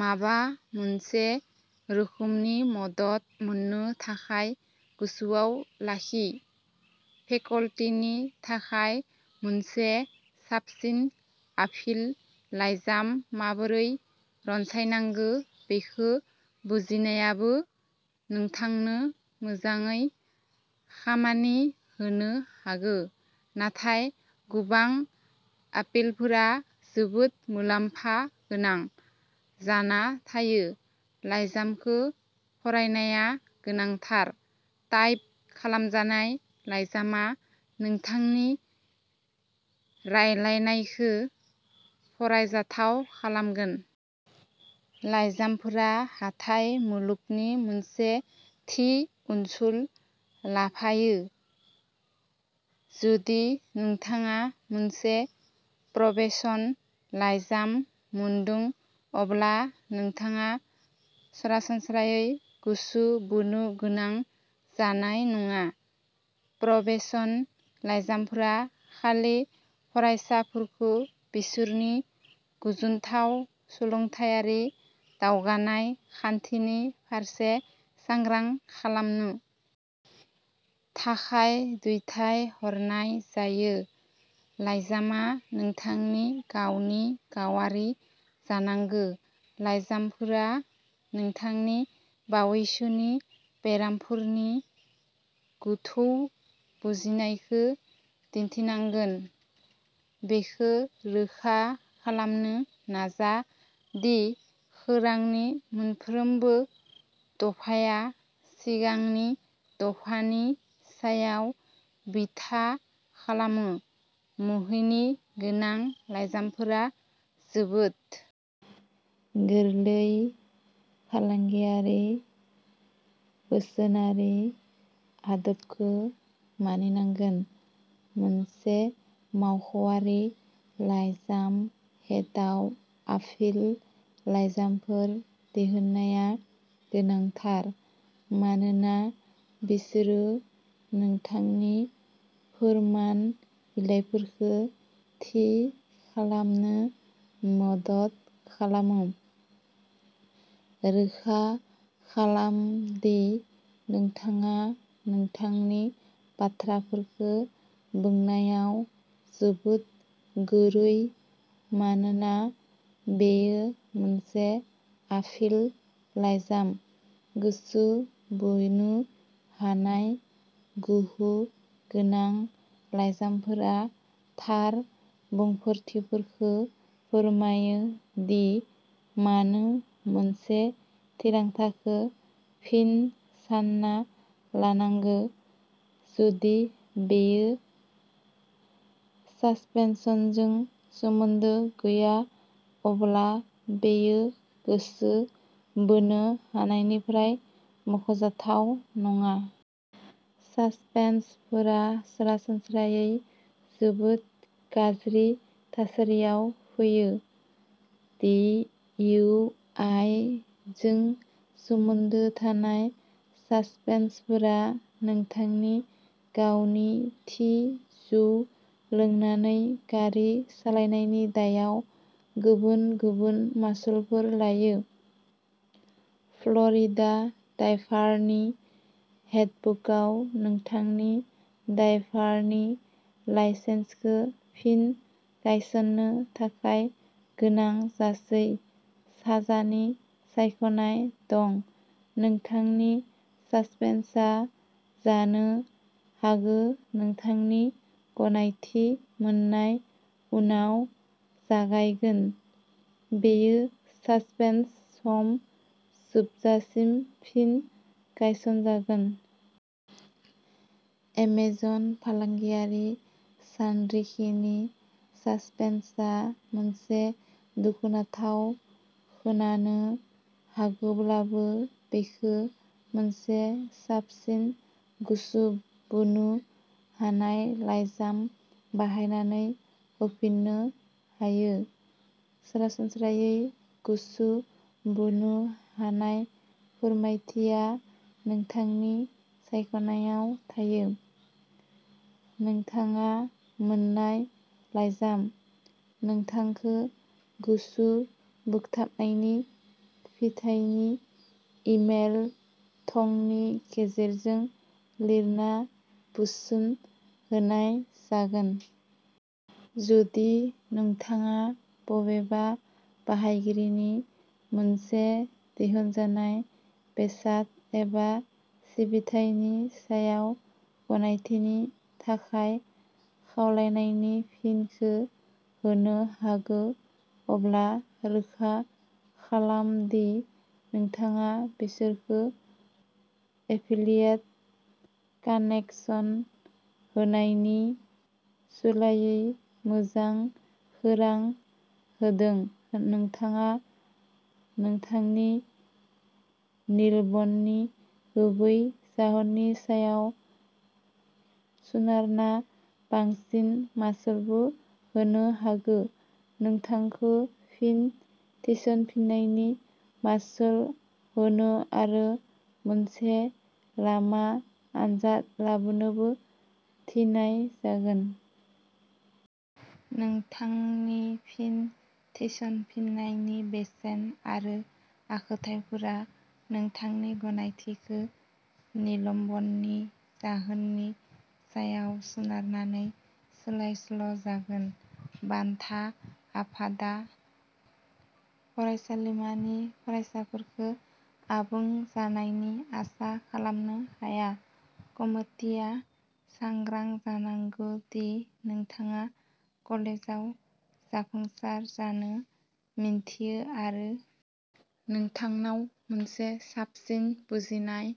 माबा मोनसे रोखोमनि मदद मोननो थाखाय गोसोआव लाखि फेकल्टीनि थाखाय मोनसे साबसिन आपिल लाइजाम माबोरै रनसायनांगौ बेखौ बुजिनायाबो नोंथांनो मोजाङै खामानि होनो हागौ नाथाय गोबां आपिलफोरा जोबोद मुलाम्फा गोनां जाना थायो लाइजामखौ फरायनाया गोनांथार टाइप खालामजानाय लाइजामआ नोंथांनि रायलायनायखौ फरायजाथाव खालामगोन। लाइजामफोरा हाथाइ मुलुगनि मोनसे थि ओनसोल लाफायो। जुदि नोंथाङा मोनसे प्रबेशन लाइजाम मोनदों अब्ला नोंथाङा सरासनस्रायै गोसो बोनो गोनां जानाय नङा प्रबेशन लाइजामफोरा खालि फरायसाफोरखौ बिसोरनि गोजोनथाव सोलोंथायारि दावगानाय खान्थिनि फारसे सांग्रां खालामनो थाखाय दैथाय हरनाय जायो। लाइजामआ नोंथांनि गावनि गावारि जानांगौ। लाइजामफोरा नोंथांनि बावैसोनि बेरामफोरनि गोथौ बुजिनायखौ दिन्थिनांगोन बेखौ रोखा खालामनो नाजा दि खौरांनि मोनफ्रोमबो दफाया सिगांनि दफानि सायाव बिथा खालामो मुहिनि गोनां लाइजामफोरा जोबोद गोरलै फालांगियारि बोसोनारि आदबखौ मानिनांगोन। मोनसे मावख'आरि लाइजाम हेडआव आपिल लाइजामफोर दिहुननाया गोनांथार मानोना बिसोरो नोंथांनि फोरमान बिलाइफोरखौ थि खालामनो मदद खालामो। रोखा खालाम दि नोंथाङा नोंथांनि बाथ्राफोरखौ बुंनायाव जोबोद गुरै मानोना बेयो मोनसे आपिल लाइजाम गोसो बोनो हानाय गोहो गोनां लाइजामफोरा थार बुंफोरथिफोरखौ फोरमायो दि मानो मोनसे थिरांथाखौ फिन सानना लानांगौ जुदि बेयो सासपेनसनजों सोमोन्दो गैया अब्ला बेयो गोसो बोनो हानायनिफ्राय मुंख'जाथाव नङा। सासपेनसनफोरा सरासनस्रायै जोबोद गाज्रि थासारियाव फैयो। दि इउ आइ जों सोमोन्दो थानाय सासपेनसनफोरा नोंथांनि गावनि थि जौ लोंनानै गारि सालायनायनि दायाव गुबुन गुबुन मासुलफोर लायो। फ्ल'रिडा ड्राइभारनि हेन्डबुकआव नोंथांनि ड्राइभारनि लाइसेन्सखौ फिन गायसननो थाखाय गोनां गासै साजानि सायख'नाय दं। नोंथांनि सासपेनसनआ जानो हागौ नोंथांनि गनायथि मोन्नाय उनाव जागायगोन। बेयो सासपेनसन सम जोबजासिम फिन गायसनजागोन। एमेजन फालांगियारि सानरिखिनि सासपेनसनआ मोनसे दुखुनांथाव खोनानो हागौब्लाबो बेखौ मोनसे साबसिन गोसो बोनो हानाय लाइजाम बाहायनानै होफिननो हायो। सरासनस्रायै, गोसो बोनो हानाय फोरमायथिया नोंथांनि सायख'नायाव थायो। नोंथाङा मोन्नाय लाइजाम। नोंथांखौ गोसो बोगथाबनायनि फिथाइनि इमेल थंनि गेजेरजों लिरना बोसोन होनाय जागोन। जुदि नोंथाङा बबेबा बाहायगिरिनि मोनसे दिहुनजानाय बेसाद एबा सिबिथायनि सायाव गनायथिनि थाखाय खावलायनायनि फिनखौ होनो हागौ। अब्ला रोखा खालाम दि नोंथाङा बिसोरखौ एफिलियेट कानेकसन होनायनि सोलायै मोजां खौरां होदों नोंथाङा नोंथांनि निलम्बननि गुबै जाहोननि सायाव सोनारना बांसिन मासुलबो होनो हागौ। नोंथांखौ फिन थिसनफिन्नायनि मासुल होनो आरो मोनसे लामा आनजाद लानोबो थिननाय जागोन। नोंथांनि फिन थिसनफिन्नायनि बेसेन आरो आखुथायफोरा नोंथांनि गनायथिखौ निलम्बननि जाहोननि सायाव सोनारनानै सोलाय सोल'जागोन बान्था आफादा फरायसालिमानि फरायसाफोरखौ आबुं जानायनि आसा खालामनो हाया कमितिआ सांग्रां जानांगौ दि नोंथाङा कलेजाव जाफुंसार जानो मिन्थियो आरो नोंथांनाव मोनसे साबसिन बुजिनाय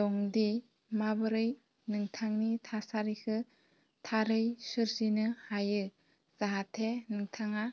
दं दि माबोरै नोंथांनि थासारिखौ थारै सोरजिनो हायो जाहाथे नोंथाङा